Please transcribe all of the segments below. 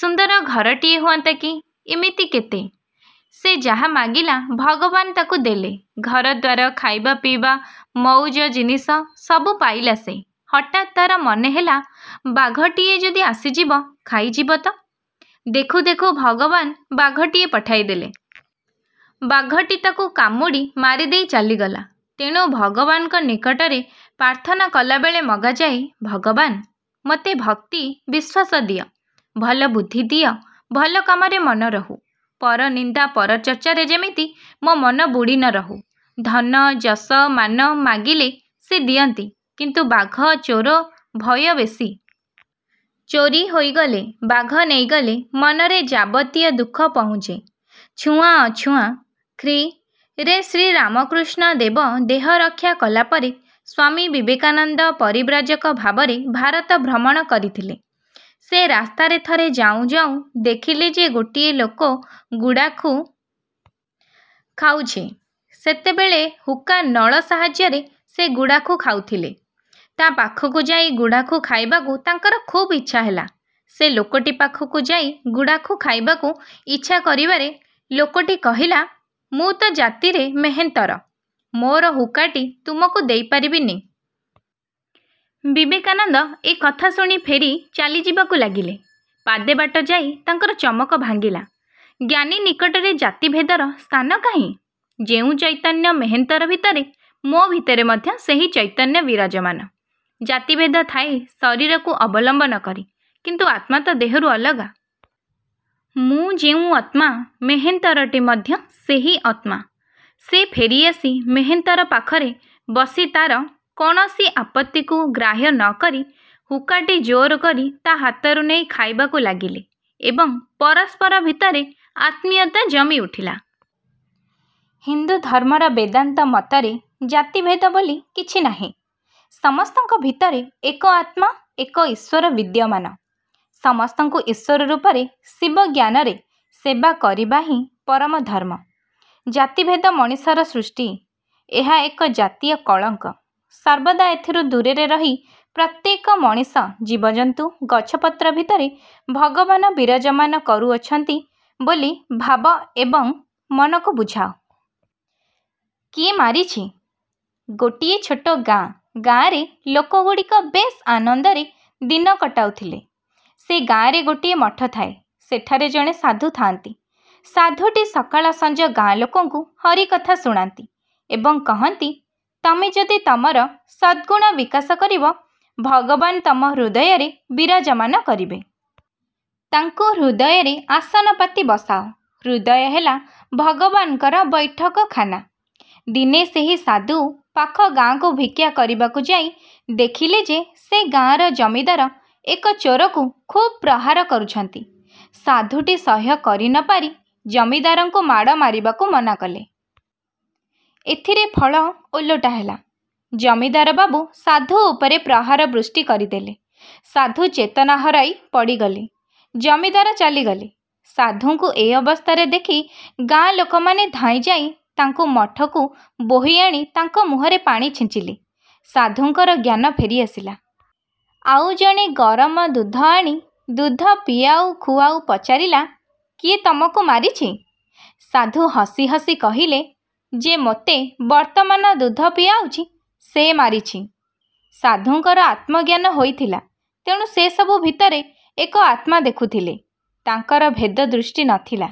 ସୁନ୍ଦର ଘରଟିଏ ହୁଅନ୍ତା କି? ' ଇମିତି କେତେ? ସେ ଯାହା ମାଗିଲା, ଭଗବାନ ତାକୁ ଦେଲେ। ଘରଦ୍ୱାର, ଖାଇବା-ପିଇବା, ମଉଜ-ଜିନିଷ ସବୁ ପାଇଲା ସେ। ହଠାତ୍ ତାର ମନେ ହେଲା, 'ବାଘଟାଏ ଯଦି ଆସିଯିବ, ଖାଇ ଯିବତ। ' ଦେଖୁ ଦେଖୁ ଭଗବାନ ବାଘଟିଏ ପଠାଇ ଦେଲେ। ବାଘଟି ତାକୁ କାମୁଡ଼ି ମାରି ଦେଇ ଚାଲିଗଲା। ତେଣୁ ଭଗବାନଙ୍କ ନିକଟରେ ପ୍ରାର୍ଥନା କଲାବେଳେ ମଗାଯାଏ, ଭଗବାନ! ମୋତେ ଭକ୍ତି, ବିଶ୍ୱାସ ଦିଅ। ଭଲ ବୁଦ୍ଧି ଦିଅ, ଭଲ କାମରେ ମନ ରହୁ। ପରନିନ୍ଦା ପରଚର୍ଚ୍ଚାରେ ଯେମିତି ମୋ ମନ ବୁଡ଼ି ନ ରହୁ। ଧନ, ଯଶ, ମାନ ମାଗିଲେ ସେ ଦିଅନ୍ତି; କିନ୍ତୁ ବାଘ, ଚୋର ଭୟ ବେଶୀ-। ଚୋରି ହୋଇଗଲେ, ବାଘ ନେଇଗଲେ ମନରେ ଯାବତୀୟ ଦୁଃଖ ପହୁଞ୍ଚେ। ଛୁଆଁ ଅଛୁଆଁ ଖ୍ରୀ: ରେ ଶ୍ରୀରାମକୃଷ୍ଣ ଦେବ ଦେହରକ୍ଷା କଲାପରେ ସ୍ୱାମୀ ବିବେକାନନ୍ଦ ପରିବ୍ରାଜକ ଭାବରେ ଭାରତ ଭ୍ରମଣ କରିଥିଲେ। ସେ ରାସ୍ତାରେ ଥରେ ଯାଉଁ ଯାଉଁ ଦେଖିଲେ ଯେ ଗୋଟିଏ ଲୋକ ଗୁଡ଼ାଖୁ। ଖାଉଛି। ସେତେବେଳେ ହୁକା ନଳ ସାହାଯ୍ୟରେ ସେ ଗୁଡ଼ାଖୁ ଖାଉଥିଲେ। ତା' ପାଖକୁ ଯାଇ ଗୁଡ଼ାଖୁ ଖାଇବାକୁ ତାଙ୍କର ଖୁବ୍ ଇଚ୍ଛା ହେଲା। ସେ ଲୋକଟି ପାଖକୁ ଯାଇ ଗୁଡ଼ାଖୁ ଖାଇବାକୁ ଇଚ୍ଛା କରିବାରେ ଲୋକଟି କହିଲା, ''ମୁଁ ତ ଜାତିରେ ମେହେନ୍ତର-। ମୋର ହୁକାଟି ତମକୁ ଦେଇ ପାରିବିନି। '' ବିବେକାନନ୍ଦ ଏ କଥା ଶୁଣି ଫେରି ଚାଲିଯିବାକୁ ଲାଗିଲେ। ପାଦେ ବାଟ ଯାଇ ତାଙ୍କର ଚମକ ଭାଙ୍ଗିଲା-''ଜ୍ଞାନୀ ନିକଟରେ ଜାତିଭେଦର ସ୍ଥାନ କାହିଁ? ଯେଉଁ ଚୈତନ୍ୟ ମେହେନ୍ତର ଭିତରେ, ମୋ ଭିତରେ ମଧ୍ୟ ସେହି ଚୈତନ୍ୟ ବିରାଜମାନ। ଜାତିଭେଦ ଥାଏ ଶରୀରକୁ ଅବଲମ୍ୱନ କରି, କିନ୍ତୁ ଆତ୍ମା ତ ଦେହରୁ ଅଲଗା। ମୁଁ ଯେଉଁ ଅତ୍ମା, ମେହେନ୍ତରଟି ମଧ୍ୟ ସେହି ଅତ୍ମା। '' ସେ ଫେରିଆସି, ମେହେନ୍ତର ପାଖରେ ବସି ତାର, କୌଣସି ଆପତ୍ତିକୁ ଗ୍ରାହ୍ୟ ନ କରି, ହୁକାଟି ଜୋର କରି ତା' ହାତରୁ ନେଇ ଖାଇବାକୁ ଲାଗିଲେ ଏବଂ ପରସ୍ପର ଭିତରେ ଆତ୍ମୀୟତା ଜମି ଉଠିଲା। ହିନ୍ଦୁଧର୍ମର ବେଦାନ୍ତ ମତରେ ଜାତିଭେଦ ବୋଲି କିଛି ନାହିଁ। ସମସ୍ତଙ୍କ ଭିତରେ ଏକ ଆତ୍ମା-ଏକ ଈଶ୍ୱର ବିଦ୍ୟମାନ। ସମସ୍ତଙ୍କୁ ଈଶ୍ୱର ରୂପରେ ଶିବଜ୍ଞାନରେ ସେବା କରିବାହିଁ ପରମ ଧର୍ମ। ଜାତିଭେଦ ମଣିଷର ସୃଷ୍ଟି। ଏହା ଏକଜାତୀୟ କଳଙ୍କ। ସର୍ବଦା ଏଥିରୁ ଦୂରରେ ରହି ପ୍ରତ୍ୟେକ ମଣିଷ, ଜୀବଜନ୍ତୁ, ଗଛପତ୍ର ଭିତରେ ଭଗବାନ ବିରାଜମାନ କରୁଅଛନ୍ତି ବୋଲି ଭାବ ଏବଂ ମନକୁ ବୁଝାଅ। କିଏ ମାରିଛି? ଗୋଟିଏ ଛୋଟ ଗାଁ। ଗାଁରେ ଲୋକଗୁଡ଼ିକ ବେଶ୍ ଆନନ୍ଦରେ ଦିନ କଟାଉଥିଲେ। ସେ ଗାଁରେ ଗୋଟିଏ ମଠ ଥାଏ। ସେଠାରେ ଜଣେ ସାଧୁ ଥା'ନ୍ତି। ସାଧୁଟି ସକାଳ ସଞ୍ଜ ଗାଁ ଲୋକଙ୍କୁ ହରିକଥା ଶୁଣାନ୍ତି ଏବଂ କହନ୍ତି, ''ତମେ ଯଦି ତମର ସଦ୍ଗୁଣ ବିକାଶ କରିବ, ଭଗବାନ ତମ ହୃଦୟରେ ବିରାଜମାନ କରିବେ। ତାଙ୍କୁ ହୃଦୟରେ ଆସନ ପାତି ବସାଅ। ହୃଦୟ ହେଲା ଭଗବାନଙ୍କର ବୈଠକଖାନା। '' ଦିନେ ସେହି ସାଧୁ ପାଖ ଗାଁକୁ ଭିକ୍ଷା କରିବାକୁ ଯାଇ ଦେଖିଲେ ଯେ ସେ ଗାଁର ଜମିଦାର ଏକ ଚୋରକୁ ଖୁବ୍ ପ୍ରହାର କରୁଛନ୍ତି। ସାଧୁଟି ସହ୍ୟ କରି ନ ପାରି ଜମିଦାରଙ୍କୁ ମାଡ଼ ମାରିବାକୁ ମନା କଲେ। ଏଥିରେ ଫଳ ଓଲଟା ହେଲା। ଜମିଦାରବାବୁ ସାଧୁ ଉପରେ ପ୍ରହାର ବୃଷ୍ଟି କରିଦେଲେ। ସାଧୁ ଚେତନା ହରାଇ ପଡ଼ିଗଲେ। ଜମିଦାର ଚାଲିଗଲେ। ସାଧୁଙ୍କୁ ଏ ଅବସ୍ଥାରେ ଦେଖି ଗାଁ ଲୋକମାନେ ଧାଇଁ ଯାଇ ତାଙ୍କୁ ମଠକୁ ବୋହିଆଣି ତାଙ୍କ ମୁହଁରେ ପାଣି ଛିଞ୍ଚିଲେ। ସାଧୁଙ୍କର ଜ୍ଞାନ ଫେରି ଆସିଲା। ଆଉ ଜଣେ ଗରମ ଦୁଧ ଆଣି ଦୁଧ ପିଆଉ ଖୁଆଉ ପଚାରିଲା-''କିଏ ତମକୁ ମାରିଛି? '' ସାଧୁ ହସି ହସି କହିଲେ- ''ଯେ ମୋତେ ବର୍ତ୍ତମାନ ଦୁଧ ପିଆଉଛି, ସେ ମାରିଛି। '' ସାଧୁଙ୍କର ଆତ୍ମାଜ୍ଞାନ ହୋଇଥିଲା; ତେଣୁ ସେ ସବୁ ଭିତରେ ଏକ ଆତ୍ମା ଦେଖୁଥିଲେ-ତାଙ୍କର ଭେଦଦୃଷ୍ଟି ନ ଥିଲା।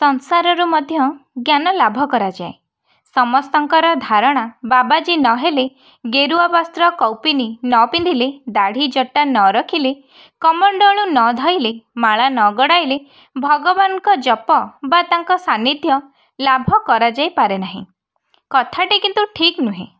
ସଂସାରରୁ ମଧ୍ୟ ଜ୍ଞାନ ଲାଭ କରାଯାଏ- ସମସ୍ତଙ୍କର ଧାରଣା ବାବାଜୀ ନ ହେଲେ, ଗେରୁଆ ବସ୍ତ୍ର କୌପୁନୀ ନ ପିନ୍ଧିଲେ, ଦାଢ଼ି-ଜଟା ନ ରଖିଲେ, କମଣ୍ତଳୁ ନ ଧଇଲେ, ମାଳା ନ ଗଡ଼ାଇଲେ ଭଗବାନଙ୍କ ଜପ ବା ତାଙ୍କ ସାନ୍ନିଧ୍ୟ ଲାଭ କରାଯାଇ ପାରେ ନାହିଁ। କଥାଟି କିନ୍ତୁ ଠିକ୍ ନୁହେଁ।